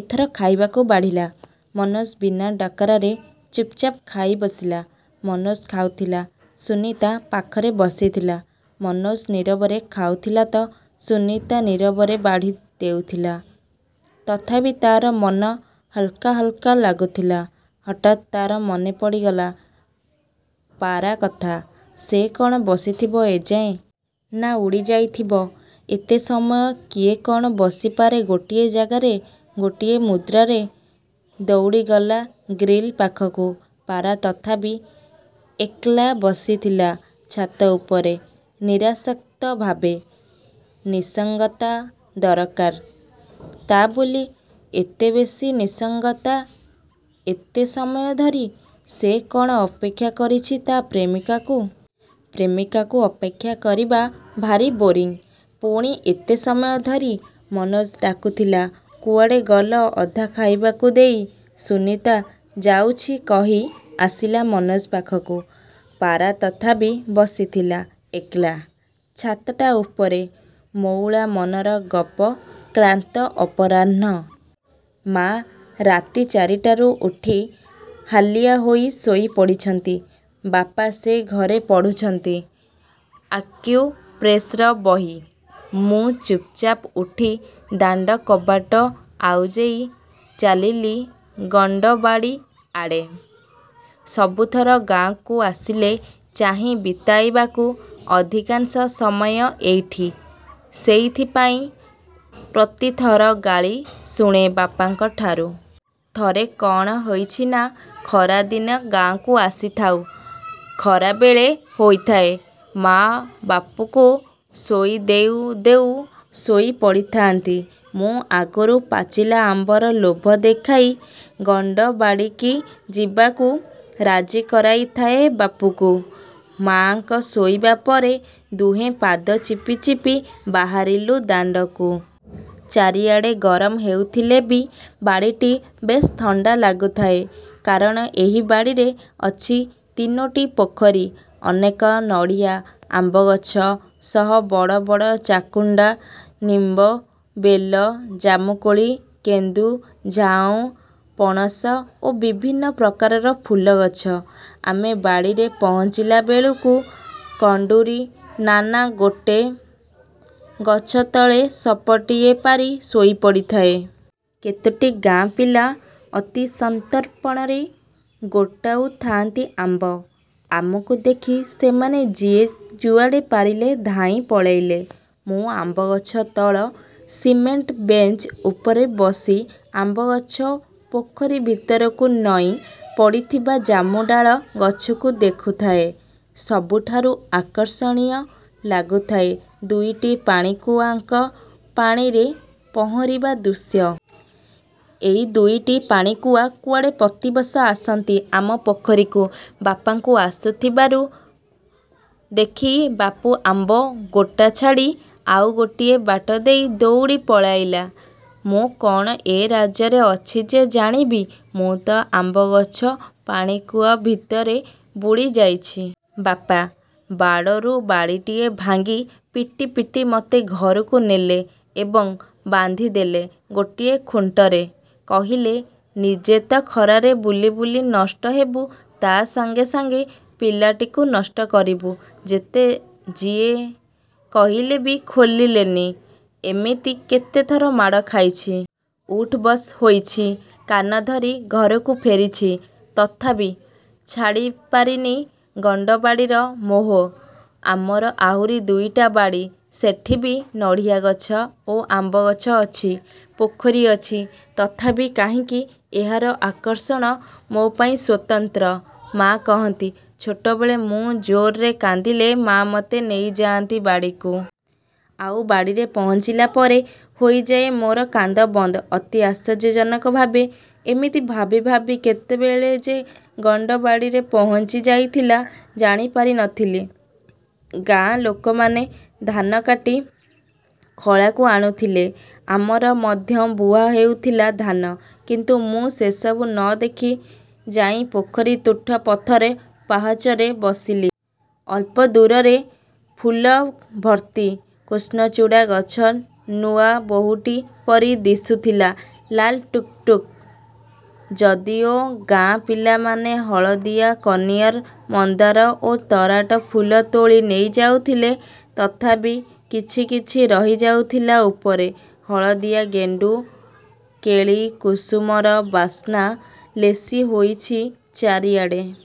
ଏଥର ଖାଇବାକୁ ବାଢ଼ିଲା। ମନୋଜ ବିନା ଡକରାରେ ଚୁପ୍ଚାପ୍ ଖାଇବସିଲା। ମନୋଜ ଖାଉଥିଲା। ସୁନୀତା ପାଖରେ ବସିଥିଲା। ମନୋଜ ନୀରବରେ ଖାଉଥିଲାତ ସୁନୀତା ନୀରବରେ ବାଢ଼ି ଦେଉଥିଲା। ତଥାପି ତା'ର ମନ ହାଲ୍କା ହାଲ୍କା ଲାଗୁଥିଲା। ହଠାତ୍ ତା'ର ମନେପଡ଼ିଗଲା ପାରା କଥା। ସେ କ'ଣ ବସିଥିବ ଏଯାଏ। ନା.. ଉଡ଼ି ଯାଇଥିବ। ଏତେ ସମୟ କିଏ କ'ଣ ବସିପାରେ ଗୋଟିଏ ଯାଗାରେ। ଗୋଟିଏ ମୁଦ୍ରାରେ। ଦଉଡ଼ିଗଲା ଗ୍ରୀଲ୍ ପାଖକୁ। ପାରା ତଥାପି ଏକ୍ଲା ବସିଥିଲା ଛାତ ଉପରେ। ନିରାଶକ୍ତ ଭାବେ। ନିସଙ୍ଗତା ଦରକାର। ତା'ବୋଲି ଏତେବେଶୀ ନିସଙ୍ଗତା ଏତେ ସମୟଧରି। ସେ କ'ଣ ଅପେକ୍ଷା କରିଛି ତା' ପ୍ରେମିକାକୁ? ପ୍ରେମିକାକୁ ଅପେକ୍ଷା କରିବା ଭାରି ବୋରିଂ। ପୁଣି ଏତେ ସମୟ ଧରି। ମନୋଜ ଡାକୁଥିଲା-''କୁଆଡ଼େ ଗଲ ଅଧା ଖାଇବାକୁ ଦେଇ। '' ସୁନୀତା ''ଯାଉଛି' କହି ଆସିଲା ମନୋଜ ପାଖକୁ। ପାରା ତଥାପି ବିସିଥିଲା। ଏକ୍ଲା। ଛାତଟା ଉପରେ। '' ମଉଳା ମନର ଗପ କ୍ଳାନ୍ତ ଅପରାହ୍ନ। ମା' ରାତି ଚାରିଟାରୁ ଉଠି ହାଲିଆ ହୋଇ ଶୋଇ ପଡ଼ିଛନ୍ତି। ବାପା ସେ ଘରେ ପଢ଼ୁଛନ୍ତି ଆକ୍ୟୁପ୍ରେସର ବହି। ମୁଁ ଚୁପ୍ଚାପ୍ ଉଠି ଦାଣ୍ଡକବାଟ ଆଉଜେଇ ଚାଲିଲି ଗଣ୍ଡବାଡ଼ି ଆଡ଼େ। ସବୁଥର ଗାଁକୁ ଆସିଲେ ଚାହେଁ ବିତାଇବାକୁ ଅଧିକାଂଶ ସମୟ ଏଇଠି। ସେଇଥିପାଇଁ ପ୍ରତିଥର ଗାଳି ଶୁଣେ ବାପାଙ୍କଠାରୁ। ଥରେ କ'ଣ ହୋଇଛି ନା ଖରାଦନେ ଗାଁକୁ ଆସିଥାଉ। ଖରାବେଳ ହୋଇଥାଏ। ମା'ବାପୁକୁ ଶୋଇ ଦେଉ ଦେଉ ଶୋଇ ପଡ଼ିଥାନ୍ତି। ମୁଁ ଆଗରୁ ପାଚିଲା ଆମ୍ବର ଲୋଭ ଦେଖାଇ ଗଣ୍ଡବାଡ଼ିକି ଯିବାକୁ ରାଜି କରାଇଥାଏ ବାପୁକୁ। ମା'ଙ୍କ ଶୋଇବା ପରେ ଦୁହେଁ ପାଦ ଚିପିଚିପି ବାହାରିଲୁ ଦାଣ୍ଡକୁ। ଚାରିଆଡ଼େ ଗରମ ହେଉଥିଲେ ବି ବାଡ଼ିଟି ବେଶ୍ ଥଣ୍ଡା ଲାଗୁଥାଏ। କାରଣ ଏହି ବାଡ଼ିରେ ଅଛି ତିନୋଟି ପୋଖରୀ, ଅନେକ ନଡ଼ିଆ, ଆମ୍ବଗଛ ସହ ବଡ଼ ବଡ଼ ଚାକୁଣ୍ଡା, ନୀମ୍ବ, ବେଲ, ଜାମୁକୋଳି, କେନ୍ଦୁ, ଝାଉଁ, ପଣସ ଓ ବଭିନ୍ନ ପ୍ରକାରର ଫୁଲଗଛ। ଆମେ ବାଡ଼ିରେ ପହଞ୍ଚିଲାବେଳକୁ କଣ୍ଡୁରୀ ନାନା ଗୋଟେ ଗଛତଳେ ସପଟିଏ ପାରି ଶୋଇପଡ଼ିଥାଏ। କେତୋଟି ଗାଁ ପିଲା ଅତି ସନ୍ତର୍ପଣରେ ଗୋଟାଉଥାନ୍ତି ଆମ୍ବ। ଆମକୁ ଦେଖି ସେମାନେ ଯିଏ ଯୁଆଡ଼େ ପାରିଲେ ଧାଇଁ ପଳେଇଲେ। ମୁଁ ଆମ୍ବଗଛ ତଳ ସିମେଣ୍ଟ ବେଞ୍ଚ ଉପରେ ବସି ଆମ୍ବଗଛ ପୋଖରୀ ଭିତରକୁ ନଇଁ ପଡ଼ିଥିବା ଜାମୁଡାଳ ଗଛକୁ ଦେଖୁଥାଏ। ସବୁଠାରୁ ଆକର୍ଷଣୀୟ ଲାଗୁଥାଏ ଦୁଇଟି ପାଣିକୁଆଙ୍କ ପାଣିରେ ପହଁରିବା ଦୃଶ୍ୟ। ଏ ଦୁଇଟି ପାଣିକୁଆ କୁଆଡ଼େ ପ୍ରତିବର୍ଷ ଆସନ୍ତି ଆମ ପୋଖରୀକୁ। ବାପାଙ୍କୁ ଆସୁଥିବାର ଦେଖି ବାପୁ ଆମ୍ବ ଗୋଟା ଛାଡ଼ି ଆଉ ଗୋଟାଏ ବାଟଦେଇ ଦଉଡ଼ି ପଳାଇଲା। ମୁଁ କ'ଣ ଏ ରାଜ୍ୟରେ ଅଛି ଯେ ଜାଣିବି। ମୁଁ ତ ଆମ୍ବଗଛ, ପାଣିକୁଆ ଭିତରେ ବୁଡ଼ିଯାଇଛି। ବାପା। ବାଡ଼ରୁ ବାଡ଼ିଟିଏ ଭାଙ୍ଗି ପିଟି ପିଟି ମୋତେ ଘରକୁ ନେଲେ ଏବଂ ବାନ୍ଧିଦେଲେ ଗୋଟେ ଖୁଣ୍ଟରେ। କହିଲେ, ନିଜେ ତ ଖରାରେ ବୁଲି ବୁଲି ନଷ୍ଟ ହେବୁ ତା' ସାଙ୍ଗେ ସାଙ୍ଗେ ପିଲାଟିକୁ ନଷ୍ଟ କରିବୁ। ଯେତେ ଯିଏ କହିଲେ ବି ଖୋଲିଲେନି। ଏମିତି କେତେଥର ମାଡ଼ ଖାଇଛି। ଉଠ୍ ବସ୍ ହୋଇଛି। କାନଧରି ଘରକୁ ଫେରିଛି-। ତଥାପି ଛାଡ଼ିପାରିନି ଗଣ୍ଡବାଡ଼ିର ମୋହ। ଆମର ଆହୁରି ଦୁଇଟି ବାଡ଼ି, ସେଠି ବି ନଡ଼ିଆଗଛ ଓ ଆମ୍ବଗଛ ଅଛି। ପୋଖରି ଅଛି। ତଥାପି କାହିଁକି ଏହାର ଆକର୍ଷଣ ମୋ'ପାଇଁ ସ୍ୱତନ୍ତ୍ର। ମା' କହନ୍ତି, ଛୋଟବେଳେ ମୁଁ ଜୋରରେ କାନ୍ଦିଲେ ମା' ମୋତେ ନେଇଯାଆନ୍ତି ବାଡ଼ିକୁ। ଆଉ ବାଡ଼ିରେ ପହଞ୍ଚିଲା ପରେ ହୋଇଯାଏ ମୋର କାନ୍ଦ ବନ୍ଦ ଅତି ଆଶ୍ଚର୍ଯ୍ୟଜନକ ଭାବେ। ଏମିତି ଭାବି ଭାବି କେତେବେଳେ ଯେ ଗଣ୍ଡବାଡ଼ିରେ ପହଞ୍ଚି ଯାଇଥିଲା ଜାଣିପାରିନଥିଲି। ଗାଁ ଲୋକମାନେ ଧାନ କାଟି ଖଳାକୁ ଆଣୁଥିଲେ। ଆମର ମଧ୍ୟ ବୁହା ହେଉଥିଲା ଧାନ। କିନ୍ତୁ ମୁଁ ସେସବୁ ନ ଦେଖି, ଯାଇ ପୋଖରୀ ତୁଠ ପଥର ପାହାଚରେ ବସିଲି। ଅଳ୍ପ ଦୂରରେ ଫୁଲଭର୍ତ୍ତି କୃଷ୍ଣଚୂଡ଼ା ଗଛ ନୂଆ ବୋହୂଟି ପରି ଦିଶୁଥିଲା ଲାଲ୍ ଟୁକ୍ଟୁକ୍। ଯଦିଓ ଗାଁ ପିଲାମାନେ ହଳଦିଆ କନିଅର, ମନ୍ଦାର ଓ ତରାଟ ଫୁଲ ତୋଳି ନେଇଯାଇଥିଲେ, ତଥାପି କିଛି କିଛି ରହିଯାଇଥିଲା ଉପରେ। ହଳଦିଆ ଗେଣ୍ଡୁ, କେଳିକୁଷୁମର ବାସ୍ନା ଲେସି ହୋଇଛି ଚାରିଆଡ଼େ-।